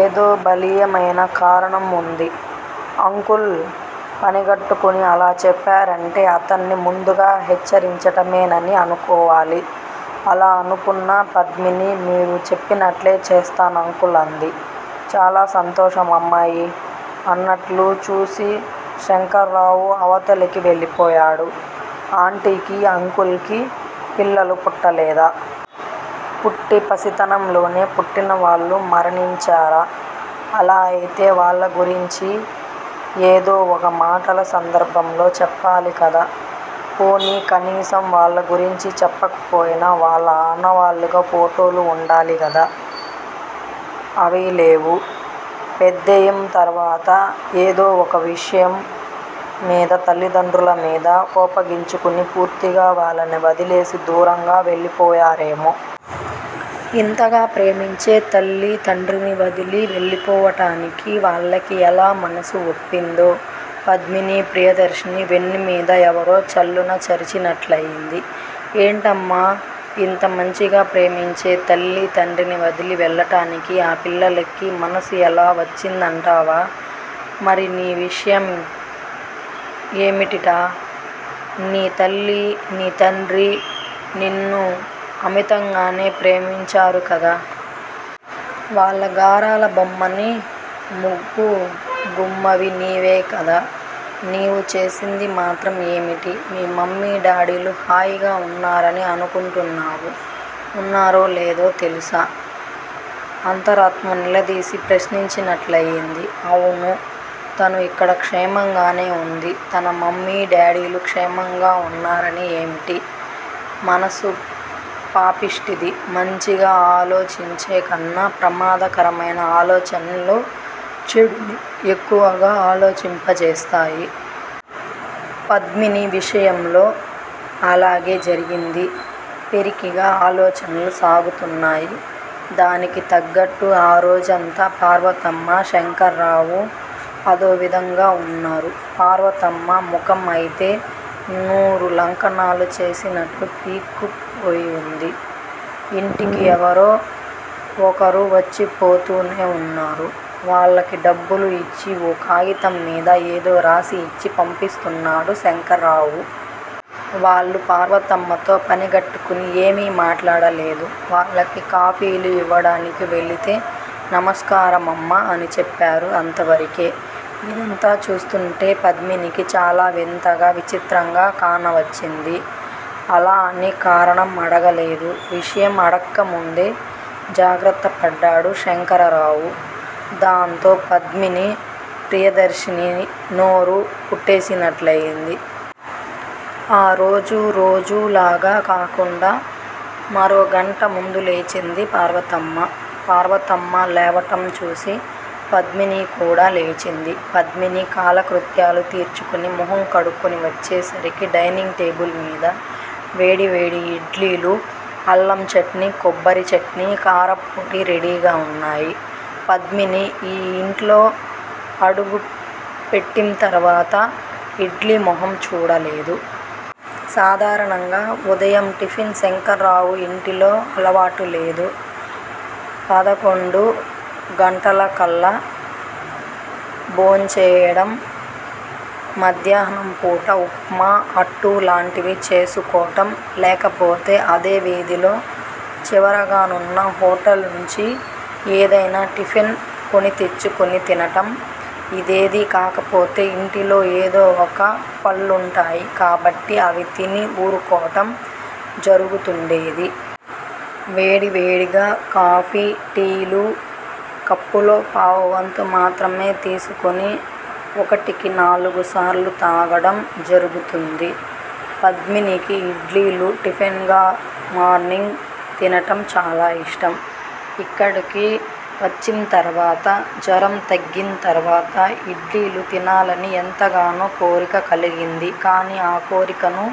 ఏదో బలీయమైన కారణం వుంది. అంకుల్ పనిగట్టుకుని అలా చెప్పారంటే అతన్ని ముందుగా హెచ్చరించటమేనని అనుకోవాలి. అలా అనుకున్న పద్మిని మీరు చెప్పినట్లే చేస్తాను అంకుల్ అంది. చాలా సంతోషం అమ్మాయీ! అన్నట్లు చూసి శంకర్రావు అవతలికి వెళ్ళిపోయాడు. ఆంటీకి, అంకుల్ కి పిల్లలు పుట్టలేదా! పుట్టి పసితనంలోనే పుట్టినవాళ్ళు మరణించారా! అలా అయితే వాళ్ళ గురించి ఏదో ఒక మాటల సందర్భంలో చెప్పాలికదా! పోనీ కనీసం వాళ్ళ గురించి చెప్పకపోయినా వాళ్ళ ఆనవాళ్ళుగా ఫోటోలు వుండాలికదా! అవీలేవు. పెద్దయిం తరువాత ఏదో ఒక విషయం మీద తల్లిదండ్రులమీద కోపగించుకుని పూర్తిగా వాళ్ళని వదిలేసి దూరంగా వెళ్ళిపోయారేమో? ఇంతగా ప్రేమించే తల్లితండ్రిని వదలి వెళ్ళిపోవటానికి వాళ్ళకి ఎలా మనసు వప్పిందో? పద్మిని ప్రియదర్శిని వెన్నుమీద యెవరో చెళ్ళున చరిచినట్లయింది. ఏంటమ్మా! ఇంత మంచిగా ప్రేమించే తల్లి తండ్రిని వదిలి వెళ్ళటానికి ఆ పిల్లలకి మనసు యెలా వచ్చిందంటావా? మరి నీ విషయం ఏమిటిట? నీ తల్లి నీ తండ్రి నిన్ను అమితంగానే ప్రేమించారుకదా! వాళ్ళ గారాల బొమ్మని ముగ్గు గుమ్మవి నీవేకదా! నీవు చేసింది మాత్రం ఏమిటి? మీ మమ్మీ డాడీలు హాయిగా వున్నారని అనుకుంటున్నావు? వున్నారో లేదో తెలుసా? అంతరాత్మ నిలదీసి ప్రశ్నించినట్లయింది. అవును! తను ఇక్కడ క్షేమంగానే వుంది. తన మమ్మీ_డాడీలు క్షేమంగా వున్నారని ఏమిటి? మనసు పాపిష్టిది మంచిగా ఆలోచించేకన్నా ప్రమాదకరమైన ఆలోచనలు చెడుని ఎక్కువగా ఆలోచింపజేస్తాయి. పద్మిని విషయంలో అలాగే జరిగింది. పిరికిగా ఆలోచనలు సాగుతున్నాయి. దానికి తగ్గట్టు ఆరోజంతా పార్వతమ్మ శంకర్రావు అదోవిధంగా వున్నారు. పార్వతమ్మ ముఖం అయితే నూరు లంకణాలు చేసినట్లు పీక్కుపోయివుంది. యింటికి ఎవరో ఒకరువచ్చిపోతూనే వున్నారు. వాళ్ళకి డబ్బులు యిచ్చి ఓ కాగితంమీద ఏదో రాసిఇచ్చి పంపిస్తున్నాడు శంకర్రావు. వాళ్ళు పార్వతమ్మతో పనిగట్టుకుని ఏమీ మాట్లాడలేదు. వాళ్ళకి కాఫీలు యివ్వటానికి వెళితే నమస్కారమమ్మా! అని చెప్పారు అంతవరకే. ఇదంతా చూస్తుంటే పద్మినికి చాలా వింతగా విచిత్రంగా కానవచ్చింది. అలా అని కారణం అడగలేదు. విషయం అడక్కముందే జాగ్రత్తపడ్డాడు శంకరరావు. దాంతో __ పద్మిని ప్రియదర్శిని నోరు కుట్టేసినట్లయింది. ఆ రోజు_ రోజూలాగ కాకుండా మరో గంట ముందులేచింది పార్వతమ్మ. పార్వతమ్మ లేవటంచూసి పద్మిని కూడా లేచింది. పద్మిని కాలకృత్యాలు తీర్చుకుని ముఖం కడుక్కుని వచ్చేసరికి డైనింగ్ టేబుల్ మీద వేడి వేడి ఇడ్లీలు అల్లం చట్నీ కొబ్బరిచట్నీ కారప్పొడి రెడీగా వున్నాయి. పద్మిని ఈ ఇంటిలో అడుగు పెట్టింతర్వాత ఇడ్లీ ముఖం చూడలేదు. సాధారణంగా ఉదయం టిఫిన్ శంకర్రావు ఇంటిలో అలవాటులేదు. పదకొండు గంటలకల్లా భోంచేయటం మధ్యాహ్నంపూట ఉప్మా, అట్టు లాంటివి చేసుకోటం లేకపోతే అదే వీధిలో చివరగానున్న హోటల్ నుంచి ఏదయినా టిఫిన్ కొని తెచ్చుకొని తినటం. ఇదేదీ కాకపోతే ఇంటిలో ఏదో ఒక పళ్ళుంటాయి కాబట్టి అవి తిని ఊరుకోటం జరుగుతుండేది. వేడి వేడిగా కాఫీ, టీ లు కప్పులో పావువంతు మాత్రమే తీసుకొని ఒకటికి నాలుగుసార్లు తాగడం జరుగుతుంది. పద్మినికి ఇడ్లీలు టిఫిన్ గా మార్నింగ్ తినటం చాలా యిష్టం. ఇక్కడికి వచ్చింతర్వాత, జ్వరం తగ్గింతర్వాత ఇడ్లీలు తినాలని ఎంతగానో కోరిక కలిగింది కాని ఆ కోరికని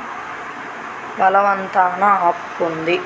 బలవంతాన ఆపుకుంది.